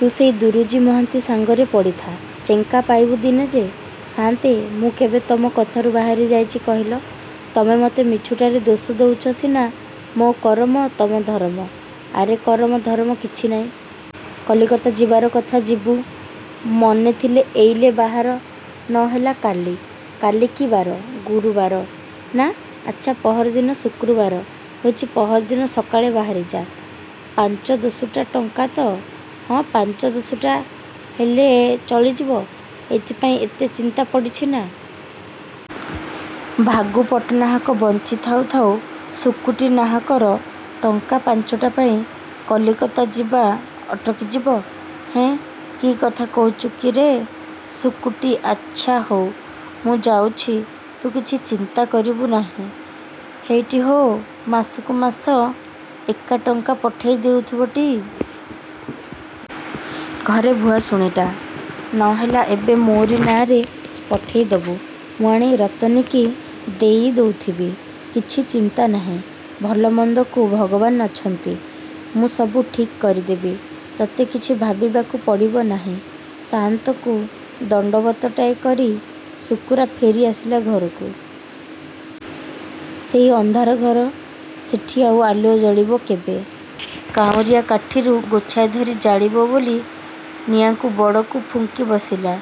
ତୁ ସେଇ ଦୁରୁଜୀ ମହାନ୍ତି ସାଙ୍ଗରେ ପଡ଼ିଥା। ଚେଙ୍କା ପାଇବୁ ଯେ ଦିନେ! '' ''ସାଆନ୍ତେ, ମୁଁ କେବେ ତମ କଥାରୁ ବାହାରି ଯାଇଚି କହିଲ? ତମେ ମୋତେ ମିଛୁଟାରେ ଦୋଷ ଦେଉଚ ସିନା। ମୋ କରମ, ତମ ଧରମ। '' ଆରେ କରମ ଧରମ କିଛି ନାହିଁ। କଲିକତା ଯିବାର କଥା ଯିବୁ। ମନ ଥିଲେ ଏଇଲେ ବାହାର ନହେଲା କାଲି। କାଲି କି ବାର? ଗୁରୁବାର, ନା? ଆଚ୍ଛା, ପହରିଦିନ ଶୁକ୍ରବାର ହଉଚି ପହରିଦିନ ସକାଳେ ବାହାରିଯା। ପାଞ୍ଚ ଦଶୁଟା ଟଙ୍କା ତ? '' ''ହଁ, ପାଞ୍ଚ, ଦଶୁଟା ହେଲେ ଚଳିଯିବ। '' ''ଏଇଥିପାଇଁ ଏତେ ଚିନ୍ତା ପଡ଼ିଛିନା? ଭାଗୁ ପଟ୍ଟନାହାକ ବଞ୍ଚି ଥାଉ ଥାଉ ଶୁକୁଟି ନାହାକର ଟଙ୍କା ପାଞ୍ଚଟାପାଇଁ କଲିକତା ଯିବା ଅଟକି ଯିବ? ହେଁ, କିକଥା କହୁଛୁରେ ତୁ ଶୁକୁଟି! ଆଚ୍ଛା ହଉ, ମୁଁ ଯାଉଛି। ତୁ କିଛି ଚିନ୍ତା କରିବୁ ନାହିଁ। ହେଇଟି ହେ, ମାସକୁ ମାସ ଏକା ଟଙ୍କା ପଠେଇ ଦଉଥିବୁଟି? ଘରେ ଭୁଆସୁଣୀଟା। ନ ହେଲା ଏବେ ମୋରି ନାଆଁରେ ପଠେଇ ଦେବୁ। ମୁଁ ଆଣି ରତନୀକି ଦେଇ ଦଉଥିବି। କିଛି ଚିନ୍ତା ନାହିଁ। ଭଲ ମନ୍ଦକୁ ଭଗବାନ୍ ଅଛନ୍ତି। ମୁଁ ସବୁ ଠିକ୍ କରିଦେବି। ତୋତେ କିଛି ଭାବିବାକୁ ପଡ଼ିବ ନାହିଁ। ସାଆନ୍ତକୁ ଦଣ୍ଡବତଟାଏ କରି ଶୁକୁରା ଫେରି ଆସିଲା ଘରକୁ। ସେଇ ଅନ୍ଧାର ଘର। ସେଠି ଆଉ ଆଲୁଅ ଜଳିବ କେବେ? କାଉଁରିଆ କାଠିରୁ ଗୋଛାଏ ଧରି ଜାଳିବ ବୋଲି ନିଆଁ ବଡ଼କୁ ଫୁଙ୍କି ବସିଲା।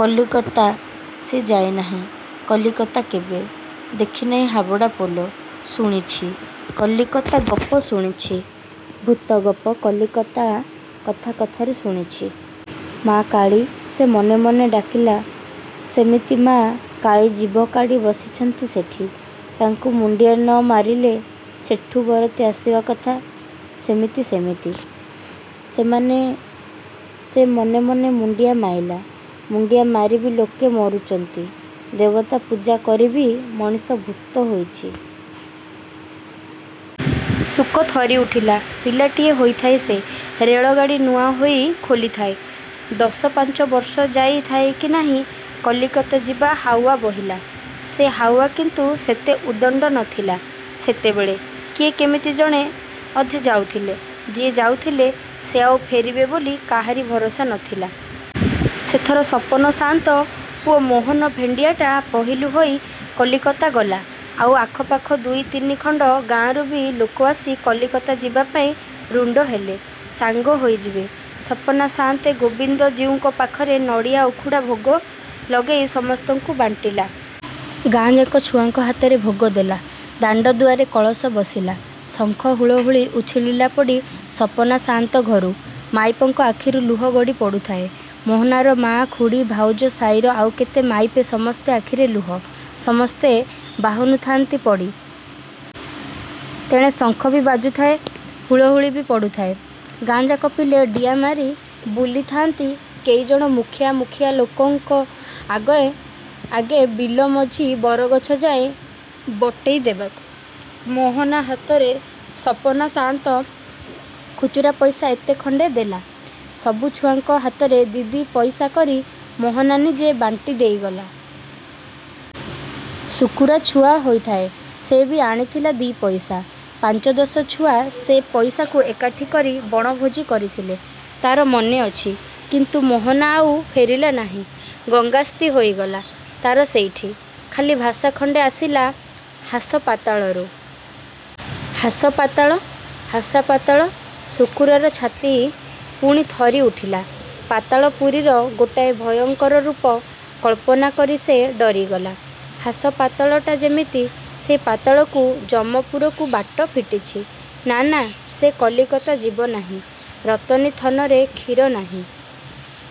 କଲିକତା! ସେ ଯାଇନାହିଁ କଲିକତା କେବେ। ଦେଖିନାହିଁ ହାବଡ଼ା ପୋଲ, ଶୁଣିଛି। କଲିକତା ଗପ ଶୁଣୁଛି। ଭୂତଗପ କଲିକତା କଥା କଥାରେ ଶୁଣିଛି। ମା କାଳୀ! ସେ ମନେ ମନେ ଡାକିଲା। ସେମିତି ମା କାଳୀ ଜିଭ କାଢ଼ି ବସିଛନ୍ତି ସେଠି। ତାଙ୍କୁ ମୁଣ୍ଡିଆ ନ ମାଇଲେ ସେଠୁ ବରତି ଆସିବା କଥା ସେମିତି ସେମିତି। ସେ ମନେ ମନେ ମୁଣ୍ଡିଆ ମାଇଲା। ମୁଣ୍ଡିଆ ମାରିବି ଲୋକେ ମରୁଛନ୍ତି। ଦେବତା ପୂଜା କରିବି ମଣିଷ ଭୂତ ହୋଇଛି। ଶୁକ ଥରି ଉଠିଲା। ପିଲାଟିଏ ହୋଇଥାଏ ସେ। ରେଳଗାଡ଼ି ନୂଆ ହୋଇ ଖୋଲିଥାଏ। ଦଶପାଞ୍ଚ ବରଷ ଯାଇ ଥାଏ କି ନାହିଁ। କଲିକତା ଯିବା ହାଉଆ ବହିଲା। ସେ ହାଉଆ କିନ୍ତୁ ସେତେ ଉଦଣ୍ଡ ନଥିଲା ସେତେବେଳେ। କିଏ କେମିତି ଜଣେ ଅଧେ ଯାଉଥିଲେ। ଯିଏ ଯାଉଥିଲେ ସେ ଆଉ ଫେରିବେ ବୋଲି କାହାରି ଭରସା ନଥିଲା। ସେଥର ସପନା ସାଆନ୍ତ ପୁଅ ମୋହନ ଭେଣ୍ଡିଆଟା ପହିଲୁ ହେଇ କଲିକତା ଗଲା। ଆଉ ଆଖପାଖ ଦୁଇ ତିନି ଖଣ୍ଡ ଗାଁରୁବି ଲୋକ ଆସି କଲିକତା ଯିବାପାଇଁ ରୁଣ୍ଡ ହେଲେ। ସାଙ୍ଗ ହୋଇଯିବେ। ସପନା ସାଆନ୍ତେ ଗୋବିନ୍ଦ ଜୀଉଙ୍କ ପାଖରେ ନଡ଼ିଆ ଉଖୁଡ଼ା ଭୋଗ ଲଗେଇ ସମସ୍ତଙ୍କୁ ବାଣ୍ଟିଲା। ଗାଁଯାକ ଛୁଆଙ୍କ ହାତରେ ଭୋଗ ଦେଲା। ଦାଣ୍ଡଦୁଆରେ କଳସ ବସିଲା। ଶଙ୍ଖ ହୁଳହୁଳି ଉଛୁଳିଲା ପଡ଼ି ସପନା ସାଆନ୍ତ ଘରୁ। ମାଇପଙ୍କ ଆଖିରୁ ଲୁହ ଗଡ଼ି ପଡ଼ୁଥାଏ। ମୋହନାର ମା, ଖୁଡ଼ୀ, ଭାଉଜ, ସାଇର ଆଉ କେତେ ମାଇପେ ସମସ୍ତଙ୍କ ଆଖିରେ ଲୁହ। ସମସ୍ତେ ବାହୁନୁଥାନ୍ତି ପଡ଼ି। ତେଣେ ଶଙ୍ଖବି ବାଜୁଥାଏ ହୁଳହୁଳିବି ପଡ଼ୁଥାଏ। ଗାଁଯାକ ପିଲେ ଡିଆଁମାରି ମାରି ବୁଲିଥାଆନ୍ତି କେଇଜଣ ମୁଖିଆ ମୁଖିଆ ଲୋକଙ୍କ ଆଗେ ଆଗେ ବିଲ ମଝି ବରଗଛ ଯାଏଁ ବଟେଇ ଦେବାକୁ। ମୋହନା ହାତରେ ସପନା ସାଆନ୍ତ ଖୁଚୁରା ପଇସା ଏତେ ଖଣ୍ଡେ ଦେଲା। ସବୁ ଛୁଆଙ୍କ ହାତରେ ଦି ଦି'ପଇସା କରି ମୋହନା ନିଜେ ବାଣ୍ଟି ଦେଇଗଲା। ଶୁକୁରା ଛୁଆ ହୋଇଥାଏ।। ସେ ବି ଆଣିଥିଲା ଦି'ପଇସା। ପାଞ୍ଚ ଦଶ ଛୁଆ ସେ ପଇସାକୁ ଏକାଠି କରି ବଣଭୋଜି କରିଥିଲେ। ତା'ର ମନେ ଅଛି। କିନ୍ତୁ ମୋହନା ଆଉ ଫେରିଲା ନାହିଁ। ଗଙ୍ଗାସ୍ତି ହେଇଗଲା ତା'ର ସେଇଠି। ଖାଲି ଭାଷା ଖଣ୍ଡେ ଆସିଲା ହାସପାତାଳରୁ। ହାସପାତାଳ–ହାସପାତାଳ! ଶୁକୁରାର ଛାତି ପୁଣି ଥରି ଉଠିଲା। ପାତାଳପୁରୀର ଗୋଟାଏ ଭୟଙ୍କର ରୂପ କଳ୍ପନା କରି ସେ ଡରିଗଲା। ହାସପାତାଳଟା ଯେମିତି ସେଇ ପାତାଳକୁ–ଯମପୁରକୁ ବାଟ ଫିଟିଛି! ନା ନା, ସେ କଲିକତା ଯିବ ନାହିଁ। ରତନୀ ଥନରେ କ୍ଷୀର ନାହିଁ।